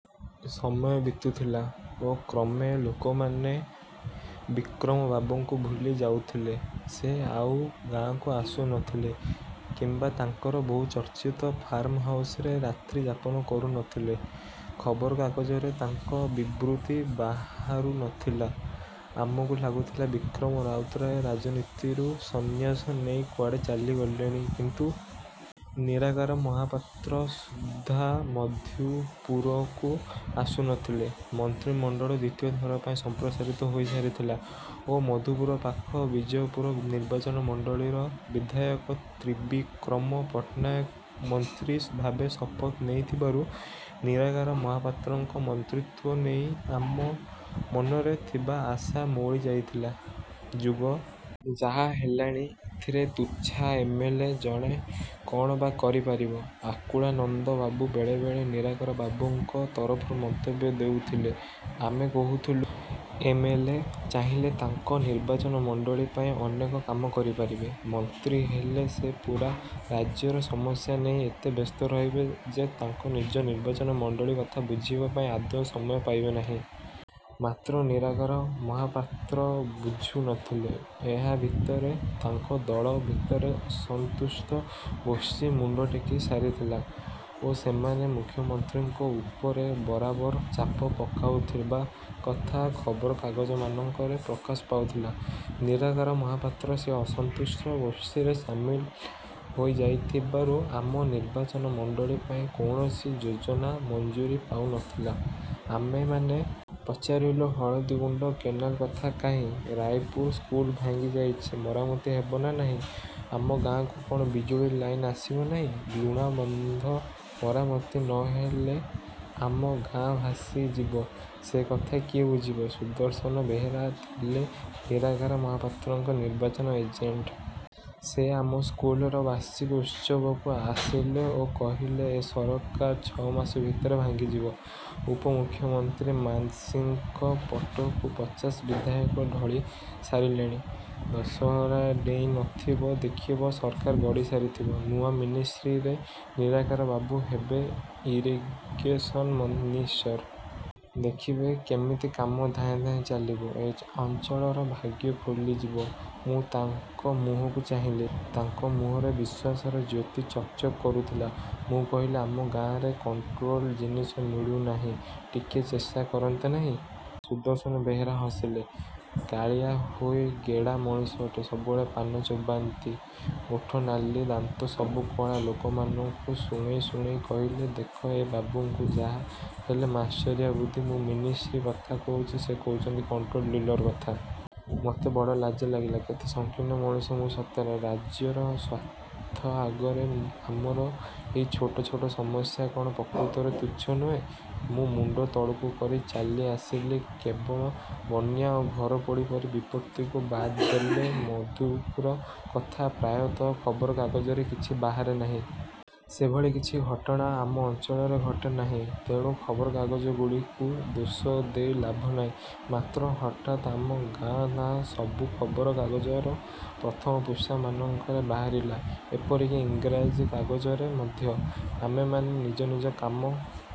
ସମୟ ବିତୁଥିଲା ଓ କ୍ରମେ ଲୋକମାନେ ବିକ୍ରମବାବୁଙ୍କୁ ଭୁଲି ଯାଉଥିଲେ। ସେ ଆଉ ଗାଁକୁ ଆସୁ ନଥିଲେ କିମ୍ବା ତାଙ୍କର ବହୁଚର୍ଚ୍ଚିତ 'ଫାର୍ମହାଉସ୍'ରେ ରାତ୍ରିଯାପନ କରୁ ନଥିଲେ। ଖବରକାଗଜରେ ତାଙ୍କ ବିବୃତି ବାହାରୁ ନଥିଲା। ଆମକୁ ଲାଗୁଥିଲା ବିକ୍ରମ ରାଉତରାୟ ରାଜନୀତିରୁ ସନ୍ନ୍ୟାସ ନେଇ କୁଆଡ଼େ ଚାଲିଗଲେଣି। କିନ୍ତୁ ନିରାକାର ମହାପାତ୍ର ସୁଦ୍ଧା ମଧୁପୁରକୁ ଆସୁ ନଥିଲେ। ମନ୍ତ୍ରୀମଣ୍ଡଳ ଦ୍ୱିତୀୟ ଥର ପାଇଁ ସମ୍ପ୍ରସାରିତ ହୋଇସାରିଥିଲା ଓ ମଧୁପୁର ପାଖ ବିଜୟପୁର ନିର୍ବାଚନ ମଣ୍ଡଳୀର ବିଧାୟକ ତ୍ରିବିକ୍ରମ ପଟ୍ଟନାୟକ ମନ୍ତ୍ରୀ ଭାବେ ଶପଥ ନେଇଥିବାରୁ ନିରାକାର ମହାପାତ୍ରଙ୍କ ମନ୍ତ୍ରୀତ୍ୱ ନେଇ ଆମ ମନରେ ଥିବା ଆଶା ମଉଳି ଯାଇଥିଲା।"ଯୁଗ ଯାହା ହେଲାଣି, ଏଥିରେ ତୁଚ୍ଛା ଏମ୍.ଏଲ୍.ଏ. ଜଣେ କ'ଣ ବା କରି ପାରିବ?" ଆକୁଳାନନ୍ଦ ବାବୁ ବେଳେବେଳେ ନିରାକାର ବାବୁଙ୍କ ତରଫରୁ ମନ୍ତବ୍ୟ ଦେଉଥିଲେ। ଆମେ କହୁଥିଲୁ, "ଏମ୍.ଏଲ୍.ଏ. ଚାହିଁଲେ ତାଙ୍କ ନିର୍ବାଚନ ମଣ୍ଡଳୀ ପାଇଁ ଅନେକ କାମ କରି ପାରିବେ। ମନ୍ତ୍ରୀ ହେଲେ ସେ ପୂରା ରାଜ୍ୟର ସମସ୍ୟା ନେଇ ଏତେ ବ୍ୟସ୍ତ ରହିବେ ଯେ ତାଙ୍କ ନିଜ ନିର୍ବାଚନ ମଣ୍ଡଳୀ କଥା ବୁଝିବା ପାଇଁ ଆଦୌ ସମୟ ପାଇବେ ନାହିଁ।" ମାତ୍ର ନିରାକାର ମହାପାତ୍ର ବୁଝୁ ନଥିଲେ। ଏହା ଭିତରେ ତାଙ୍କ ଦଳ ଭିତରେ ଅସନ୍ତୁଷ୍ଟ ଗୋଷ୍ଠୀ ମୁଣ୍ଡ ଟେକି ସାରିଥିଲା ଓ ସେମାନେ ମୁଖ୍ୟମନ୍ତ୍ରୀଙ୍କ ଉପରେ ବରାବର ଚାପ ପକାଉଥିବା କଥା ଖବରକାଗଜମାନଙ୍କରେ ପ୍ରକାଶ ପାଉଥିଲା। ନିରାକାର ମହାପାତ୍ର ସେଇ ଅସନ୍ତୁଷ୍ଟ ଗୋଷ୍ଠୀରେ ସାମିଲ ହୋଇଯାଇଥିବାରୁ ଆମ ନିର୍ବାଚନ ମଣ୍ଡଳୀ ପାଇଁ କୌଣସି ଯୋଜନା ମଞ୍ଜୁରି ପାଉ ନଥିଲା। ଆମେମାନେ ପଚାରିଲୁ, "ହଳଦୀଗୁଣ୍ଡ କେନାଲ କଥା କାହିଁ?""ରାଇପୁର ସ୍କୁଲ ଭାଙ୍ଗି ଯାଇଛି। ମରାମତି ହେବ ନା ନାହିଁ?""ଆମ ଗାଁକୁ କ'ଣ ବିଜୁଳି ଲାଇନ୍ ଆସିବ ନାହିଁ?" "ଲୁଣାବନ୍ଧ ମରାମତି ନହେଲେ ଆମ ଗାଁ ଭାସି ଯିବ। ସେକଥା କିଏ ବୁଝିବ?"ସୁଦର୍ଶନ ବେହେରା ଥିଲେ ନିରାକାର ମହାପାତ୍ରଙ୍କ ନିର୍ବାଚନ ଏଜେଣ୍ଟ୍। ସେ ଆମ ସ୍କୁଲର ବାର୍ଷିକ ଉତ୍ସବକୁ ଆସିଲେ ଓ କହିଲେ, "ଏ ସରକାର ଛଅ ମାସ ଭିତରେ ଭାଙ୍ଗି ଯିବ। ଉପମୁଖ୍ୟମନ୍ତ୍ରୀ ମାନସିଂହଙ୍କ ପଟକୁ ପଚାଶ ବିଧାୟକ ଢଳି ସାରିଲେଣି। ଦଶହରା ଡେଇଁ ନଥିବ, ଦେଖିବ ସରକାର ଗଡ଼ିସାରିଥିବ। ନୂଆ 'ମିନିଷ୍ଟ୍ରୀ'ରେ ନିରାକାର ବାବୁ ହେବେ ଇରିଗେସନ୍ ମନିଷ୍ଟର। ଦେଖିବେ, କେମିତି କାମ ଧାଏଁ ଧାଏଁ ଚାଲିବ। ଏ ଅଞ୍ଚଳର ଭାଗ୍ୟ ଖୋଲି ଯିବ।" ମୁଁ ତାଙ୍କ ମୁହଁକୁ ଚାହିଁଲି। ତାଙ୍କ ମୁହଁରେ ବିଶ୍ୱାସର ଜ୍ୟୋତି ଚକ୍ ଚକ୍ କରୁଥିଲା। ମୁଁ କହିଲି, "ଆମ ଗାଁରେ କଣ୍ଟ୍ରୋଲ ଜିନିଷ ମିଳୁନାହିଁ, ଟିକିଏ ଚେଷ୍ଟା କରନ୍ତେ ନାହିଁ?" ସୁଦର୍ଶନ ବେହେରା ହସିଲେ। କାଳିଆ ହୋଇ ଗେଡ଼ା ମଣିଷଟେ। ସବୁବେଳେ ପାନ ଚୋବାନ୍ତି। ଓଠ ନାଲି, ଦାନ୍ତ ସବୁ କଳା। ଲୋକମାନଙ୍କୁ ଶୁଣେଇ ଶୁଣେଇ କହିଲେ, "ଦେଖ ଏ ବାବୁଙ୍କୁ, ଯାହା ହେଲେ ମାଷ୍ଟରିଆ ବୁଦ୍ଧି! ମୁଁ ମିନିଷ୍ଟ୍ରୀ କଥା କହୁଛି, ସେ କହୁଛନ୍ତି କଣ୍ଟ୍ରୋଲ ଡିଲର କଥା!" ମୋତେ ବଡ଼ ଲାଜ ଲାଗିଲା। କେତେ ସଂକୀର୍ଣ୍ଣ ମଣିଷ ମୁଁ ସତରେ! ରାଜ୍ୟର ସ୍ୱାର୍ଥ ଆଗରେ ଆମର ଏଇ ଛୋଟ ଛୋଟ ସମସ୍ୟା କ'ଣ ପ୍ରକୃତରେ ତୁଚ୍ଛ ନୁହେଁ! ମୁଁ ମୁଣ୍ଡ ତଳକୁ କରି ଚାଲି ଆସିଲି। କେବଳ ବନ୍ୟା ଓ ଘରପୋଡ଼ି ପରି ବିପତ୍ତିକୁ ବାଦ୍ ଦେଲେ ମଧୁପୁର କଥା ପ୍ରାୟତଃ ଖବରକାଗଜରେ କିଛି ବାହାରେ ନାହିଁ। ସେଭଳି କିଛି ଘଟଣା ଆମ ଅଞ୍ଚଳରେ ଘଟେ ନାହିଁ, ତେଣୁ ଖବରକାଗଜଗୁଡ଼ିକୁ ଦୋଷ ଦେଇ ଲାଭ ନାହିଁ। ମାତ୍ର ହଠାତ୍ ଆମ ଗାଁ ନାଁ ସବୁ ଖବରକାଗଜର ପ୍ରଥମ ପୃଷ୍ଠାମାନଙ୍କରେ ବାହାରିଲା, ଏପରିକି ଇଂରାଜୀ କାଗଜରେ ମଧ୍ୟ। ଆମେମାନେ ନିଜ ନିଜ କାମ...